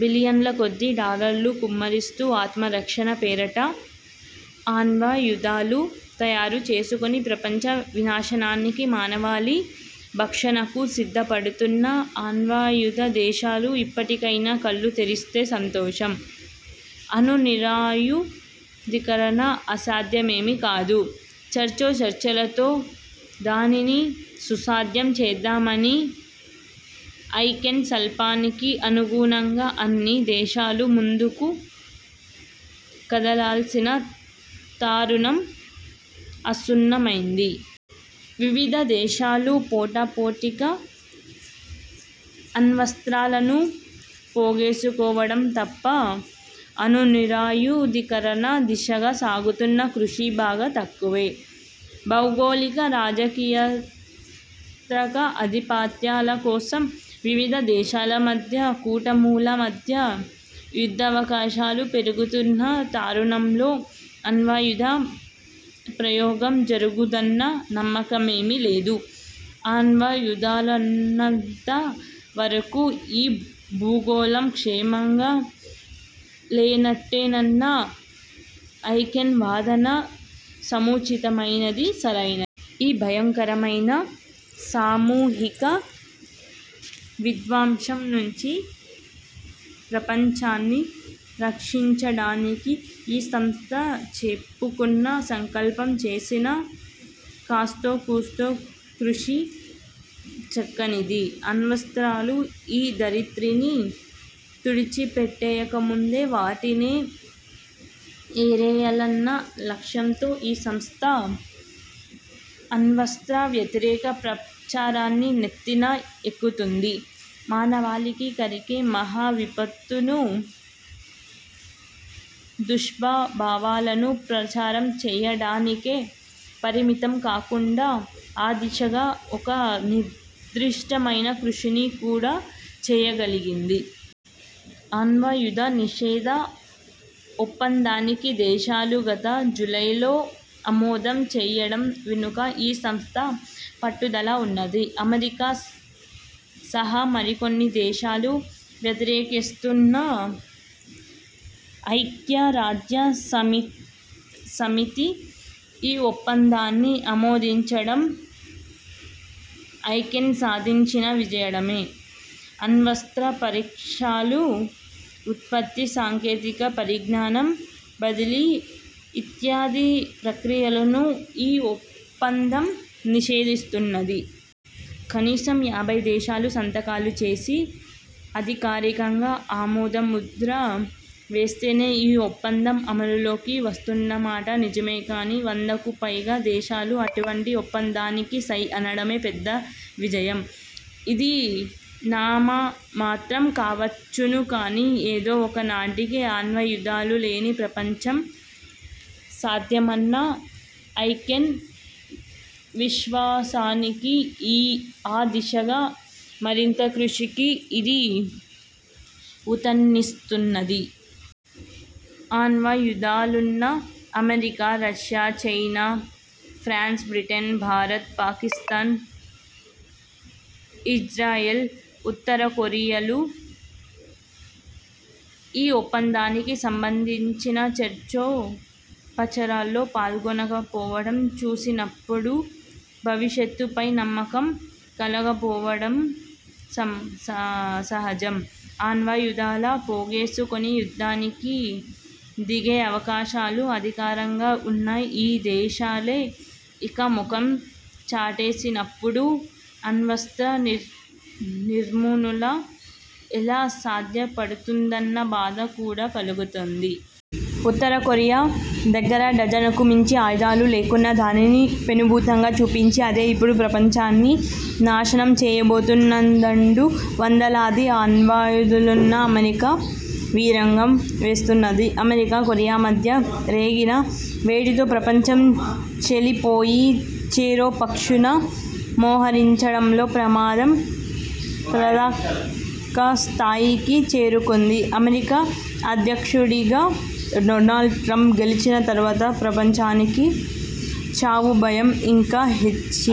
బిలియన్ల కొద్దీ డాలర్లు కుమ్మరిస్తూ ఆత్మరక్షణ పేరిట అణ్వాయుధాలు తయారుచేసుకుని, ప్రపంచ వినాశనానికీ, మానవాళి భక్షణకూ సిద్ధపడుతున్న అణ్వాయుధ దేశాలు ఇప్పటికైనా కళ్లు తెరిస్తే సంతోషం. అణునిరాయుధీకరణ అసాధ్యమేమీ కాదు, చర్చోచర్చలతో దానిని సుసాధ్యం చేద్దామన్న ఐ కెన్ సంకల్పానికి అనుగుణంగా అన్ని దేశాలూ ముందుకు కదలాల్సిన తారుణం ఆసున్నమైంది. వివిధ దేశాలు పోటాపోటీగా అణ్వస్త్రాలను పోగేసుకోవడం తప్ప, అణునిరాయుధీకరణ దిశగా సాగుతున్న కృషి బాగా తక్కువే. భౌగోళిక, రాజకీయార్థిక ఆధిపత్యాల కోసం వివిధ దేశాల మధ్య, కూటముల మధ్య యుద్ధావకాశాలు పెరిగిపోతున్న తారుణంలో అణ్వాయుధ ప్రయోగం జరగదన్న నమ్మకమేమీ లేదు. అణ్వాయుధాలున్నంత వరకూ ఈ భూగోళం క్షేమంగా లేనట్టేనన్న ఐ కెన్ వాదన సముచితమైనది, సరైనది. ఈ భయంకరమైన, సామూహిక విధ్వంసం నుంచి ప్రపంచాన్ని రక్షించడానికి ఈ సంస్థ చెప్పుకున్న సంకల్పం, చేసిన కాస్తోకూస్తో కృషి చక్కనిది. అణ్వస్త్రాలు ఈ ధరిత్రిని తుడిచిపెట్టేయకముందే, వాటినే ఏరేయాలన్న లక్ష్యంతో ఈ సంస్థ అణ్వస్త్రవ్యతిరేక ప్రచారాన్ని నెత్తిన ఎక్కుతుంది. మానవాళికి కలిగే మహావిపత్తును, దుష్ప్రభావాలను ప్రచారం చేయడానికే పరిమితం కాకుండా ఆ దిశగా ఒక నిర్దిష్టమైన కృషిని కూడా చేయగలిగింది. అణ్వాయుధ నిషేధ ఒప్పందానికి దేశాలు గత జూలైలో ఆమోదం తెలియచేయడం వెనుక ఈ సంస్థ పట్టుదల ఉన్నది. అమెరికా సహా మరికొన్ని దేశాలు వ్యతిరేకిస్తున్నా ఐక్యరాజ్యసమితి ఈ ఒప్పందాన్ని ఆమోదించడం ఐకెన్ సాధించిన విజయమే. అణ్వస్త్ర పరీక్షలు, ఉత్పత్తి, సాంకేతిక పరిజ్ఞానం బదిలీ ఇత్యాది ప్రక్రియలను ఈ ఒప్పందం నిషేధిస్తున్నది. కనీసం యాభై దేశాలు సంతకాలు చేసి, అధికారికంగా ఆమోదముద్ర వేస్తేనే ఈ ఒప్పందం అమలులోకి వస్తుంన్నమాట నిజమే కానీ, వందకుపైగా దేశాలు అటువంటి ఒప్పందానికి సై అనడమే పెద్ద విజయం. ఇది నామమాత్రం కావచ్చును కానీ, ఏదో ఒక నాటికి అణ్వాయుధాలు లేని ప్రపంచం సాధ్యమన్న ఐ కెన్ విశ్వాసానికీ, ఆ దిశగా మరింత కృషికీ ఇది ఊతాన్నిస్తున్నది. అణ్వాయుధాలున్న America, Russia, China, France, Britain, Bharat, Pakistan, Israel, ఉత్తరకొరియాలు ఈ ఒప్పందానికి సంబంధించిన చర్చోపచరల్లో పాల్గొనకపోవడం చూసినప్పుడు భవిష్యత్తుపై నమ్మకం కలగకపోవడమూ సహజం. అణ్వాయుధాలు పోగేసుకొని, యుద్ధానికి దిగే అవకాశాలు అధికరంగ ఉన్న ఈ దేశాలే ఇలా మొఖం చాటేసినప్పుడు అణ్వస్త్ర నిర్మూనుల ఎలా సాధ్యపడుతుందన్న బాధ కూడా కలుగుతుంది. ఉత్తరకొరియా దగ్గర డజనుకు మించి ఆయుధాలు లేకున్నా దానిని పెనుభూతంగా చూపించి, అదే ఇప్పుడు ప్రపంచాన్ని నాశనం చేయబోతున్నదంటూ వందలాది అణ్వాయుదులున్న అమెరికా వీరంగం వేస్తున్నది. అమెరికా, కొరియా మధ్య రేగిన వేడితో ప్రపంచం చేలిపోయి చెరోపక్షుల మోహరించడంతో ప్రమాదం పదాకస్థాయికి చేరుకుంది. అమెరికా అధ్యక్షుడిగా డొనాల్డ్ట్రంప్ గెలిచిన తరువాత ప్రపంచానికి చావుభయం ఇంకా హెచ్చింది.